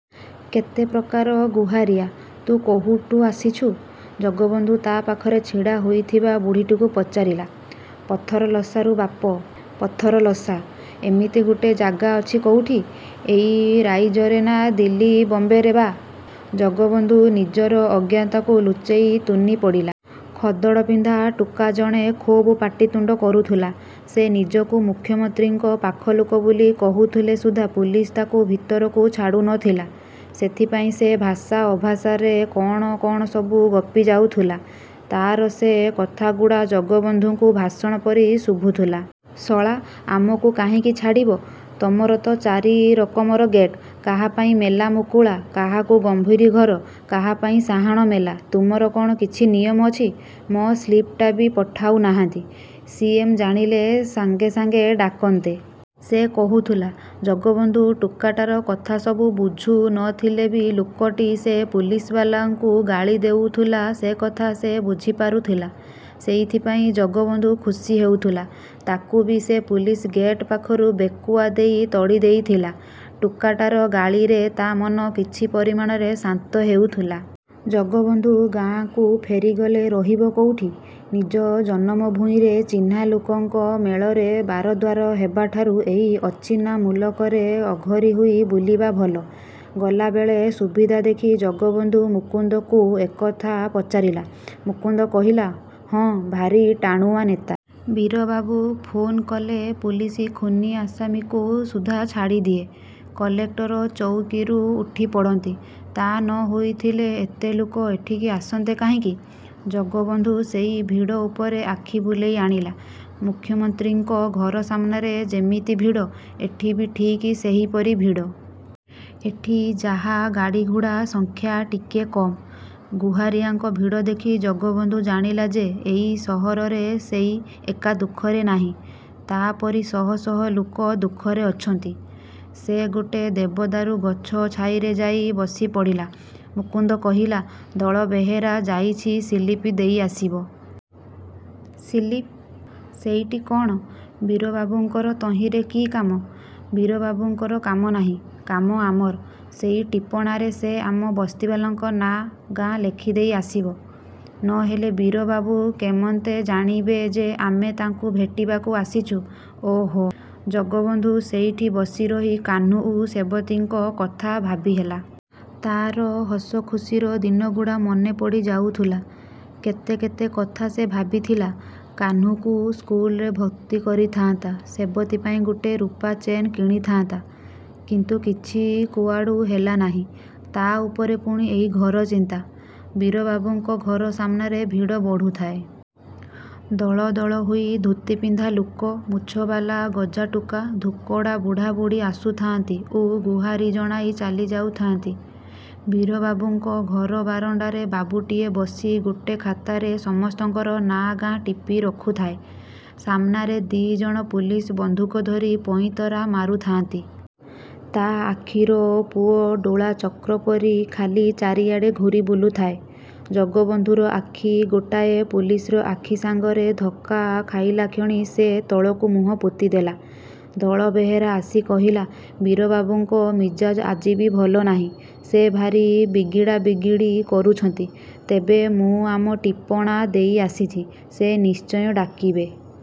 କେତେ ପ୍ରକାର ଗୁହାରିଆ। ତୁ କୋଉଠୁ ଆଇଛୁ? ଜଗବନ୍ଧୁ ତା ପାଖରେ ଛିଡ଼ା ହୋଇଥିବା ବୁଢ଼ୀଟିକୁ ପଚାରିଲା। 'ପଥରଲସାରୁ ବାପ! ' ପଥରଲସା? ଏମିତି ଗୋଟେ ଜାଗା ଅଛି କୋଉଠି? ଏଇ ରାଇଜରେ ନା ଦିଲ୍ଲୀ ବମ୍ବେରେ ବା! ଜଗବନ୍ଧୁ ନିଜର ଅଜ୍ଞତାକୁ ଲୁଚେଇ ତୁନି ପଡ଼ିଲା। ଖଦଡ଼ ପିନ୍ଧା ଟୋକା ଜଣେ ଖୁବ୍ ପାଟିତୁଣ୍ଡ କରୁଥିଲା। ସେ ନିଜକୁ ମୁଖ୍ୟମନ୍ତ୍ରୀଙ୍କ ପାଖଲୋକ ବୋଲି କହୁଥିଲେ ସୁଦ୍ଧା ପୁଲିସ ତାକୁ ଭିରତକୁ ଛାଡ଼ୁ ନଥିଲା। ସେଥିପାଇଁ ସେ ଭାଷା ଅଭାଷାରେ କଣ କଣ ସବୁ ଗପିଯାଉଥିଲା। ତାର ସେ କଥାଗୁଡ଼ା ଜଗବନ୍ଧୁକୁ ଭାଷଣ ପରି ଶୁଭୁଥିଲା। ଶଳା, ଆମକୁ କାହିଁକି ଛାଡ଼ିବ? ତୁମର ତ ଚାରି ରକମର ଗେଟ୍। କାହା ପାଇଁ ମେଲା ମୁକୁଳା, କାହାକୁ ଗମ୍ଭୀରି ଘର, କାହା ପାଇଁ ସାହାଣ ମେଲା, ତୁମର କଣ କିଛି ନିୟମ ଅଛି? ମୋ ସ୍ଲିପ୍ଟା ବି ପଠଉନାହାନ୍ତି। ସି. ଏମ୍. ଜାଣିଲେ ସାଙ୍ଗେ ସାଙ୍ଗେ ଡାକନ୍ତେ। ସେ କହୁଥିଲା। ଜଗବନ୍ଧୁ ଟୋକାଟାର କଥା ସବୁ ବୁଝୁ ନଥିଲେ ବି ଲୋକଟି ସେ ପୁଲିସବାଲାଙ୍କୁ ଗାଳି ଦଉଥିଲା ସେକଥା ସେ ବୁଝି ପାରୁଥିଲା। ସେଇଥିପାଇଁ ଜଗବନ୍ଧୁ ଖୁସି ହେଉଥିଲା। ତାକୁ ବି ସେ ପୁଲିସ ଗେଟ୍ ପାଖରୁ ବେକୁଆ ଦେଇ ତଡ଼ିଦେଇଥିଲା। ଟୋକାଟାର ଗାଳିରେ ତା ମନ କିଛି ପରିମାଣରେ ଶାନ୍ତ ହେଉଥିଲା। ଜଗବନ୍ଧୁ ଗାଁକୁ ଫେରିଗଲେ ରହିବ କୋଉଠି? ନିଜ ଜନମ ଭୂଇଁରେ ଚିହ୍ନା ଲୋକଙ୍କ ମେଳରେ ବାରଦ୍ୱାର ହେବାଠାରୁ ଏଇ ଅଚିହ୍ନା ମୁଲକରେ ଅଘରୀ ହୋଇ ବୁଲିବା ଭଲ। ଗଲାବେଳେ ସୁବିଧା ଦେଖି ଜଗବନ୍ଧୁ ମୁକୁନ୍ଦକୁ ଏକଥା ପଚାରିଲା। ମୁକୁନ୍ଦ କହିଲା, "ହଁ, ଭାରି ଟାଣୁଆ ନେତା। ବୀରବାବୁ ଫୋନ୍ କଲେ ପୁଲିସ ଖୁନୀ ଆସାମୀକୁ ସୁଦ୍ଧା ଛାଡ଼ିଦିଏ। କଲେକ୍ଟର ଚଉକୀରୁ ଉଠିପଡ଼ନ୍ତି। ତା ନ ହୋଇଥିଲେ ଏତେ ଲୋକ ଏଠିକି ଆସନ୍ତେ କାହିଁକି? " ଜଗବନ୍ଧୁ ସେଇ ଭିଡ଼ ଉପରେ ଆଖି ବୁଲେଇ ଆଣିଲା। ମୁଖ୍ୟମନ୍ତ୍ରୀଙ୍କ ଘର ସାମ୍ନାରେ ଯେମିତି ଭିଡ଼, ଏଠି ବି ଠିକ୍ ସେହିପରି ଭିଡ଼। ଏଠି ଯାହା ଗାଡ଼ିଘୋଡ଼ା ସଂଖ୍ୟା ଟିକେ କମ୍। ଗୁହାରିଆଙ୍କ ଭିଡ଼ ଦେଖି ଜଗବନ୍ଧୁ ଜାଣିଲା ଯେ ଏଇ ସହରରେ ସେଇ ଏକା ଦୁଃଖରେ ନାହିଁ। ତା ପରି ଶହ ଶହ ଲୋକ ଦୁଃଖରେ ଅଛନ୍ତି। ସେ ଗୋଟେ ଦେବଦାରୁ ଗଛ ଛାଇରେ ଯାଇ ବସିପଡ଼ିଲା। ମୁକୁନ୍ଦ କହିଲା, 'ଦଳବେହେରା ଯାଇଛି ସିଲିପ୍ ଦେଇଆସିବ। 'ସିଲିପ୍! ସେଇଟି କଣ? ବୀରବାବୁଙ୍କର ତହିଁରେ କି କାମ? ବୀରବାବୁଙ୍କର କାମ ନାହିଁ। କାମ ଆମର। ସେଇ ଟିପଣାରେ ସେ ଆମ ବସ୍ତିବାଲାଙ୍କ ନାଁ, ଗାଁ ଲେଖିଦେଇ ଆସିବ। ନହେଲେ ବୀରବାବୁ କେମନ୍ତେ ଜାଣିବେ ଯେ ଆମେ ତାଙ୍କୁ ଭେଟିବାକୁ ଆସିଛୁ। ଓ ହୋ! ଜଗବନ୍ଧୁ ସେଇଠି ବସିରହି କାହ୍ନୁ ଓ ସେବତୀଙ୍କ କଥା ଭାବିହେଲା। ତାର ହସଖୁସିର ଦିନଗୁଡ଼ା ମନେପଡ଼ି ଯାଉଥିଲା। କେତେ କେତେ କଥା ସେ ଭାବିଥିଲା। କାହ୍ନୁକୁ ସ୍କୁଲରେ ଭର୍ତ୍ତି କରିଥାନ୍ତା, ସେବତୀ ପାଇଁ ଗୋଟେ ରୁପାଚେନ୍ କିଣିଥାନ୍ତା। କିନ୍ତୁ କିଛି କୁଆଡ଼ୁ ହେଲା ନାହିଁ। ତା' ଉପରେ ପୁଣି ଏଇ ଘରଚିନ୍ତା। ବୀରବାବୁଙ୍କ ଘର ସାମ୍ନାରେ ଭିଡ଼ ବଢ଼ୁଥାଏ। ଦଳ ଦଳ ହୋଇ ଧୋତିପିନ୍ଧା ଲୋକ, ମୁଛବାଲା ଗଜା ଟୋକା, ଧୋକଡ଼ା ବୁଢ଼ାବୁଢ଼ୀ ଆସୁଥାନ୍ତି ଓ ଗୁହାରି ଜଣାଇ ଚାଲିଯାଉଥାଆନ୍ତି। ବୀରବାବୁଙ୍କ ଘର ବାରଣ୍ଡାରେ ବାବୁଟିଏ ବସି ଗୋଟେ ଖାତାରେ ସମସ୍ତଙ୍କର ନାଁ ଗାଁ ଟିପି ରଖୁଥାଏ। ସାମ୍ନାରେ ଦି ଜଣ ପୁଲିସ ବନ୍ଧୁକ ଧରି ପଇଁତରା ମାରୁଥାଆନ୍ତି। ତା ଆଖିର ପୁଅଡୋଳା ଚକ୍ରପରି ଖାଲି ଚାରିଆଡ଼େ ଘୂରି ବୁଲୁଥାଏ। ଜଗବନ୍ଧୁର ଆଖି ଗୋଟାଏ ପୁଲିସର ଆଖି ସାଙ୍ଗରେ ଧକ୍କା ଖାଇଲା କ୍ଷଣି ସେ ତଳକୁ ମୁହଁ ପୋତିଦେଲା। ଦଳବେହେରା ଆସି କହିଲା, "ବୀରବାବୁଙ୍କ ମିଜାଜ ଆଜି ବି ଭଲ ନାହିଁ। ସେ ଭାରି ବିଗିଡ଼ା ବିଗିଡ଼ି କରୁଛନ୍ତି। ତେବେ ମୁଁ ଆମ ଟିପଣା ଦେଇ ଆସିଛି। ସେ ନିଶ୍ଚୟ ଡାକିବେ।